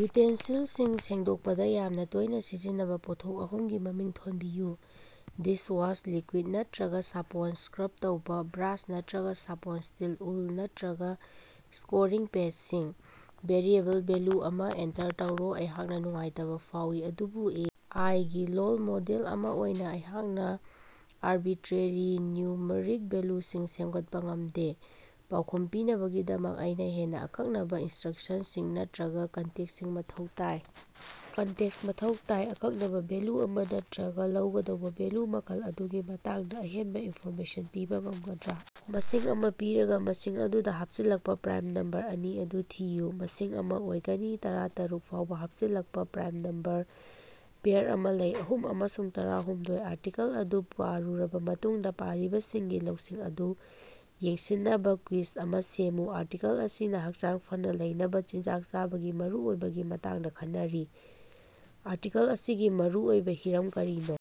ꯌꯨꯇꯦꯟꯁꯤꯜꯁꯤꯡ ꯁꯦꯡꯗꯣꯛꯄꯗ ꯌꯥꯝꯅ ꯇꯣꯏꯅ ꯁꯤꯖꯤꯟꯅꯕ ꯄꯣꯠꯊꯣꯛ ꯑꯍꯨꯝ ꯒꯤ ꯃꯃꯤꯡ ꯊꯣꯟꯕꯤꯌꯨ꯫ ꯗꯤꯁꯋꯥꯁ ꯂꯤꯀ꯭ꯌꯨꯏꯗ ꯅꯠꯇꯔꯒ ꯁꯥꯄꯣꯟ ꯁꯀ꯭ꯔꯕ ꯇꯧꯕ ꯕ꯭ꯔꯥꯁ ꯅꯠꯇꯔꯒ ꯁ꯭ꯄꯣꯟꯖ ꯁ꯭ꯇꯤꯜ ꯎꯜ ꯅꯠꯇꯔꯒ ꯁ꯭ꯀꯣꯔꯤꯡ ꯄꯦꯗꯁꯤꯡ꯫ ꯚꯦꯔꯤꯑꯦꯕꯜ ꯚꯦꯜꯌꯨ ꯑꯃꯥ ꯑꯦꯟꯇꯔ ꯇꯧꯔꯣ. ꯑꯩꯍꯥꯛꯅ ꯅꯨꯡꯉꯥꯏꯇꯕ ꯐꯥꯎꯏ, ꯑꯗꯨꯕꯨ ꯑꯦ. ꯑꯥꯏ. ꯒꯤ ꯂꯣꯜ ꯃꯣꯗꯦꯜ ꯑꯃ ꯑꯣꯏꯅ ꯑꯩꯍꯥꯛꯅ ꯑꯔꯕꯤꯇꯔꯦꯔꯤ ꯅ꯭ꯌꯨꯃꯔꯤꯛ ꯚꯦꯜꯌꯨꯁꯤꯡ ꯁꯦꯝꯒꯠꯄ ꯉꯝꯗꯦ꯫ ꯄꯥꯎꯈꯨꯝ ꯄꯤꯅꯕꯒꯤꯗꯃꯛ ꯑꯩꯅ ꯍꯦꯟꯅ ꯑꯀꯛꯅꯕ ꯏꯟꯁ꯭ꯇꯔꯛꯁꯟꯁꯤꯡ ꯅꯠꯇꯔꯒ ꯀꯟꯇꯦꯛꯁ ꯃꯊꯧ ꯇꯥꯏ꯫ ꯑꯀꯛꯅꯕ ꯚꯦꯜꯌꯨ ꯑꯃ ꯅꯠꯇꯔꯒ ꯂꯧꯒꯗꯕ ꯚꯦꯜꯌꯨ ꯃꯈꯜ ꯑꯗꯨꯒꯤ ꯃꯇꯥꯡꯗ ꯑꯍꯦꯅꯕ ꯏꯟꯐꯣꯔꯃꯦꯁꯟ ꯄꯤꯕ ꯉꯝꯒꯗ꯭ꯔ? ꯃꯁꯤꯡ ꯑꯃꯥ ꯄꯤꯔꯒ, ꯃꯁꯤꯡ ꯑꯗꯨꯗ ꯍꯥꯞꯆꯤꯜꯂꯛꯄ ꯄ꯭ꯔꯥꯏꯝ ꯅꯝꯕꯔ ꯑꯅꯤ ꯑꯗꯨ ꯊꯤꯌꯨ꯫ ꯃꯁꯤꯡ ꯑꯃ ꯑꯣꯏꯒꯅꯤ꯫ ꯇꯔꯥꯇꯔꯨꯛ ꯐꯥꯎꯕ ꯍꯥꯞꯆꯤꯜꯂꯛꯄ ꯄ꯭ꯔꯥꯏꯝ ꯅꯝꯕꯔ ꯄꯦꯔ ꯑꯃꯥ ꯂꯩ: ꯑꯍꯨꯝ ꯑꯃꯁꯨꯡ ꯇꯔꯥꯍꯨꯝꯗꯣꯏ꯫ ꯑꯥꯔꯇꯤꯀꯜ ꯑꯗꯨ ꯄꯥꯔꯨꯔꯕꯥ ꯃꯇꯨꯡꯗꯥ ꯄꯥꯔꯤꯕꯁꯤꯡꯒꯤ ꯂꯧꯁꯤꯡ ꯑꯗꯨ ꯌꯦꯡꯁꯤꯟꯅꯕ ꯀ꯭ꯋꯤꯖ ꯑꯃꯥ ꯁꯦꯝꯃꯨ꯫ ꯑꯥꯔꯇꯤꯀꯜ ꯑꯁꯤꯅ ꯍꯛꯆꯥꯡ ꯐꯅ ꯂꯩꯅꯕ ꯆꯤꯟꯖꯥꯛ ꯆꯥꯕꯒꯤ ꯃꯔꯨꯑꯣꯏꯕꯒꯤ ꯃꯇꯥꯡꯗ ꯈꯟꯅꯔꯤ꯫ ꯑꯥꯔꯇꯤꯀꯜ ꯑꯁꯤꯒꯤ ꯃꯔꯨꯑꯣꯏꯕ ꯍꯤꯔꯝ ꯀꯔꯤꯅꯣ?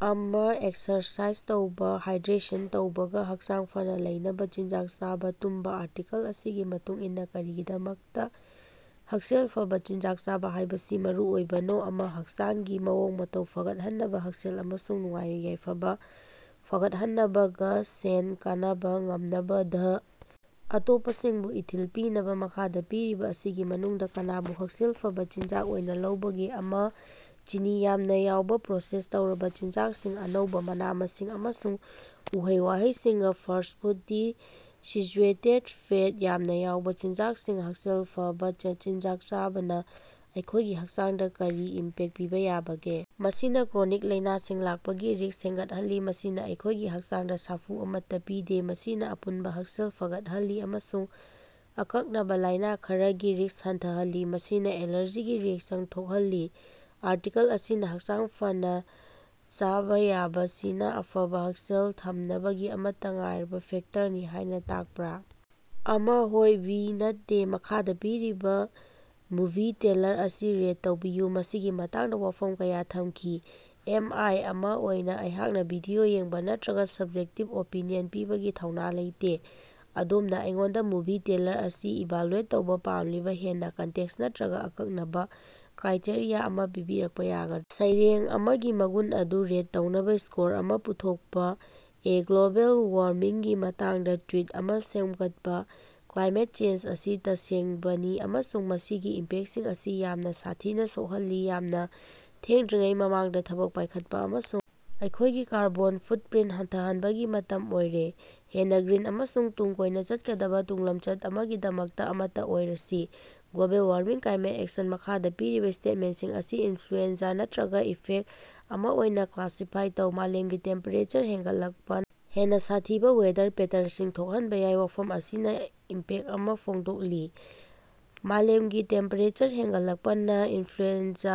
ꯑꯃ. ꯑꯦꯛꯁꯔꯁꯥꯏꯖ ꯇꯧꯕꯥ. ꯍꯥꯏꯗ꯭ꯔꯦꯁꯟ ꯇꯧꯕꯥ ꯒ. ꯍꯛꯆꯥꯡ ꯐꯅ ꯂꯩꯅꯕ ꯆꯤꯟꯖꯥꯛ ꯆꯥꯕꯥ. ꯇꯨꯝꯕꯥ ꯑꯥꯔꯇꯤꯀꯜ ꯑꯁꯤꯒꯤ ꯃꯇꯨꯡꯏꯟꯅ, ꯀꯔꯤꯒꯤꯗꯃꯛꯇ ꯍꯛꯁꯦꯜ ꯐꯕ ꯆꯤꯟꯖꯥꯛ ꯆꯥꯕ ꯍꯥꯏꯕꯁꯤ ꯃꯔꯨꯑꯣꯏꯕꯅꯣ? ꯑꯃ. ꯍꯛꯆꯥꯡꯒꯤ ꯃꯑꯣꯡ-ꯃꯇꯧ ꯐꯒꯠꯍꯟꯅꯕ. ꯍꯛꯁꯦꯜ ꯑꯃꯁꯨꯡ ꯅꯨꯡꯉꯥꯏ-ꯌꯥꯏꯐꯕ ꯐꯒꯠꯍꯟꯅꯕ ꯒ. ꯁꯦꯟ ꯀꯅꯕ ꯉꯝꯅꯕ ꯘ. ꯑꯇꯣꯞꯄꯁꯤꯡꯕꯨ ꯏꯊꯤꯜ ꯄꯤꯅꯕ꯫ ꯃꯈꯥꯗ ꯄꯤꯔꯤꯕ ꯑꯁꯤꯒꯤ ꯃꯅꯨꯡꯗ ꯀꯅꯥꯕꯨ ꯍꯛꯁꯦꯜ ꯐꯕ ꯆꯤꯟꯖꯥꯛ ꯑꯣꯏꯅ ꯂꯧꯕꯒꯦ? ꯑꯃ. ꯆꯤꯅꯤ ꯌꯥꯝꯅ ꯌꯥꯎꯕꯥ ꯄ꯭ꯔꯣꯁꯦꯁ ꯇꯧꯔꯕ ꯆꯤꯟꯖꯥꯛꯁꯤꯡ. ꯑꯅꯧꯕꯥ ꯃꯅꯥ-ꯃꯁꯤꯡ ꯑꯃꯁꯨꯡ ꯎꯍꯩ-ꯋꯥꯍꯩꯁꯤꯡ ꯒ. ꯐꯥꯁ꯭ꯠ ꯐꯨꯗ ꯗꯤ. ꯁꯦꯆꯨꯔꯦꯇꯦꯗ ꯐꯦꯠ ꯌꯥꯝꯅꯥ ꯌꯥꯎꯕꯥ ꯆꯤꯟꯖꯥꯛꯁꯤꯡ ꯍꯛꯁꯦꯜ ꯐꯕꯥ ꯆꯤꯟꯖꯥꯛ ꯆꯥꯕꯅ ꯑꯩꯈꯣꯏꯒꯤ ꯍꯛꯆꯥꯡꯗꯥ ꯀꯔꯤ ꯏꯝꯄꯦꯛ ꯄꯤꯕ ꯌꯥꯕꯒꯦ? ꯃꯁꯤꯅ ꯀ꯭ꯔꯣꯅꯤꯛ ꯂꯥꯏꯅꯥꯁꯤꯡ ꯂꯥꯛꯄꯒꯤ ꯔꯤꯁ꯭ꯛ ꯍꯦꯡꯒꯠꯍꯜꯂꯤ, ꯃꯁꯤꯅ ꯑꯩꯈꯣꯏꯒꯤ ꯍꯛꯆꯥꯡꯗ ꯁꯥꯐꯨ ꯑꯃꯠꯇ ꯄꯤꯗꯦ, ꯃꯁꯤꯅꯥ ꯑꯄꯨꯟꯕ ꯍꯛꯁꯦꯜ ꯐꯒꯠꯍꯜꯂꯤ ꯑꯃꯁꯨꯡ ꯑꯀꯛꯅꯕ ꯂꯥꯏꯅ ꯈꯔꯒꯤ ꯔꯤꯁ꯭ꯛ ꯍꯟꯊꯍꯜꯂꯤ, ꯃꯁꯤꯅ ꯑꯦꯂꯥꯔꯖꯤꯒꯤ ꯔꯤꯑꯦꯛꯁꯟ ꯊꯣꯛꯍꯜꯂꯤ꯫ ꯑꯥꯔꯇꯤꯀꯜ ꯑꯁꯤꯅ ꯍꯛꯆꯥꯡ ꯐꯅ ꯆꯥꯚꯥꯌꯥꯕꯁꯤꯅ ꯑꯐꯕ ꯍꯛꯁꯦꯜ ꯊꯝꯅꯕꯒꯤ ꯑꯃꯠꯇ ꯉꯥꯏꯔꯕ ꯐꯦꯛꯇꯔꯅꯤ ꯍꯥꯏꯅ ꯇꯥꯛꯄꯔꯥ? ꯑꯃ. ꯍꯣꯏ ꯕꯤ. ꯅꯠꯇꯦ꯫ ꯃꯈꯥꯗ ꯄꯤꯔꯤꯕ ꯃꯨꯚꯤ ꯇ꯭ꯔꯦꯂꯔ ꯑꯁꯤ ꯔꯦꯠ ꯇꯧꯕꯤꯌꯨ꯫ ꯃꯁꯤꯒꯤ ꯃꯇꯥꯡꯗꯥ ꯋꯥꯐꯝ ꯀꯌꯥ ꯊꯝꯈꯤ꯫ ꯑꯦ. ꯑꯥꯏ. ꯑꯃꯥ ꯑꯣꯏꯅ ꯑꯩꯍꯥꯛꯅ ꯚꯤꯗꯤꯑꯣ ꯌꯦꯡꯕ ꯅꯠꯇꯔꯒ ꯁ꯭ꯕꯖꯦꯛꯇꯤꯕ ꯑꯣꯄꯤꯅꯤꯌꯟ ꯄꯤꯕꯒꯤ ꯊꯧꯅꯥ ꯂꯩꯇꯦ꯫ ꯑꯗꯣꯝꯅ ꯑꯩꯉꯣꯟꯗ ꯃꯨꯚꯤ ꯇ꯭ꯔꯦꯂꯔ ꯑꯁꯤ ꯏꯚꯥꯂꯨꯑꯦꯠ ꯇꯧꯕ ꯄꯥꯝꯂꯤꯕ ꯍꯦꯟꯅ ꯀꯟꯇꯦꯛꯁ ꯅꯠꯇꯔꯒ ꯑꯀꯛꯅꯕ ꯀ꯭ꯔꯥꯏꯇꯦꯔꯤꯌꯥ ꯑꯃ ꯄꯤꯕꯤꯔꯛꯄ ꯌꯥꯒ? ꯁꯩꯔꯦꯡ ꯑꯃꯒꯤ ꯃꯒꯨꯟ ꯑꯗꯨ ꯔꯦꯠ ꯇꯧꯅꯕ ꯁ꯭ꯀꯣꯔ ꯑꯃ ꯄꯨꯊꯣꯛꯄꯥ꯫ ꯑꯦ. ꯒ꯭ꯂꯣꯕꯦꯜ ꯋꯥꯔꯃꯤꯡꯒꯤ ꯃꯇꯥꯡꯗꯥ ꯇ꯭ꯋꯤꯠ ꯑꯃꯥ ꯁꯦꯝꯒꯠꯄ꯫ ꯀ꯭ꯂꯥꯏꯃꯦꯠ ꯆꯦꯟꯖ ꯑꯁꯤ ꯇꯁꯦꯡꯕꯅꯤ ꯑꯃꯁꯨꯡ ꯃꯁꯤꯒꯤ ꯏꯝꯄꯦꯛꯁꯤꯡ ꯑꯁꯤ ꯌꯥꯝꯅ ꯁꯥꯊꯤꯅ ꯁꯣꯛꯍꯜꯂꯤ꯫ ꯌꯥꯝꯅ ꯊꯦꯡꯊꯗ꯭ꯔꯤꯉꯩ ꯃꯃꯥꯡꯗ ꯊꯕꯛ ꯄꯥꯏꯈꯠꯄ ꯑꯃꯁꯨꯡ ꯑꯩꯈꯣꯏꯒꯤ ꯀꯥꯔꯕꯣꯟ ꯐꯨꯠꯄ꯭ꯔꯤꯟꯠ ꯍꯟꯊꯍꯟꯕꯒꯤ ꯃꯇꯝ ꯑꯣꯏꯔꯦ꯫ ꯍꯦꯟꯅ ꯒ꯭ꯔꯤꯟ ꯑꯃꯁꯨꯡ ꯇꯨꯡ ꯀꯣꯏꯅ ꯆꯠꯀꯗꯕ ꯇꯨꯡꯂꯝꯆꯠ ꯑꯃꯒꯤꯗꯃꯛ ꯑꯃꯠꯇꯥ ꯑꯣꯏꯔꯁꯤ꯫ ꯒ꯭ꯂꯣꯕꯦꯜꯋꯥꯔꯃꯤꯡ ꯀ꯭ꯂꯥꯏꯃꯦꯠ ꯑꯦꯛꯁꯟ ꯃꯈꯥꯗ ꯄꯤꯔꯤꯕ ꯁ꯭ꯇꯦꯠꯃꯦꯟꯠꯁꯤꯡ ꯑꯁꯤ ꯏꯟꯐ꯭ꯂꯨꯑꯦꯟꯖꯥ ꯅꯠꯇꯔꯒ ꯏꯐꯦꯛ ꯑꯃ ꯑꯣꯏꯅ ꯀ꯭ꯂꯥꯁꯤꯐꯥꯏ ꯇꯧ: "ꯃꯥꯂꯦꯝꯒꯤ ꯇꯦꯝꯄꯦꯔꯦꯆꯔ ꯍꯦꯟꯒꯠꯂꯛꯄꯅ ꯍꯦꯟꯅ ꯁꯥꯊꯤꯕ ꯋꯦꯗꯔ ꯄꯦꯇꯔꯟꯁꯤꯡ ꯊꯣꯛꯍꯟꯕ ꯌꯥꯏ"꯫ ꯋꯥꯐꯝ ꯑꯁꯤꯅ ꯏꯐꯦꯛ ꯑꯃ ꯐꯣꯡꯗꯣꯛꯂꯤ꯫ ꯃꯥꯂꯦꯃꯒꯤ ꯇꯦꯝꯄꯦꯔꯦꯆꯔ ꯍꯦꯟꯒꯠꯂꯛꯄꯅ ꯏꯅꯐ꯭ꯂꯨꯑꯦꯟꯖꯥ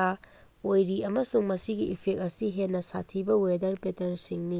ꯑꯣꯏꯔꯤ, ꯑꯃꯁꯨꯡ ꯃꯁꯤꯒꯤ ꯏꯐꯦꯛ ꯑꯁꯤ ꯍꯦꯟꯅ ꯁꯥꯊꯤꯕ ꯋꯦꯗꯔ ꯄꯦꯇꯔꯟꯁꯤꯡꯅꯤ꯫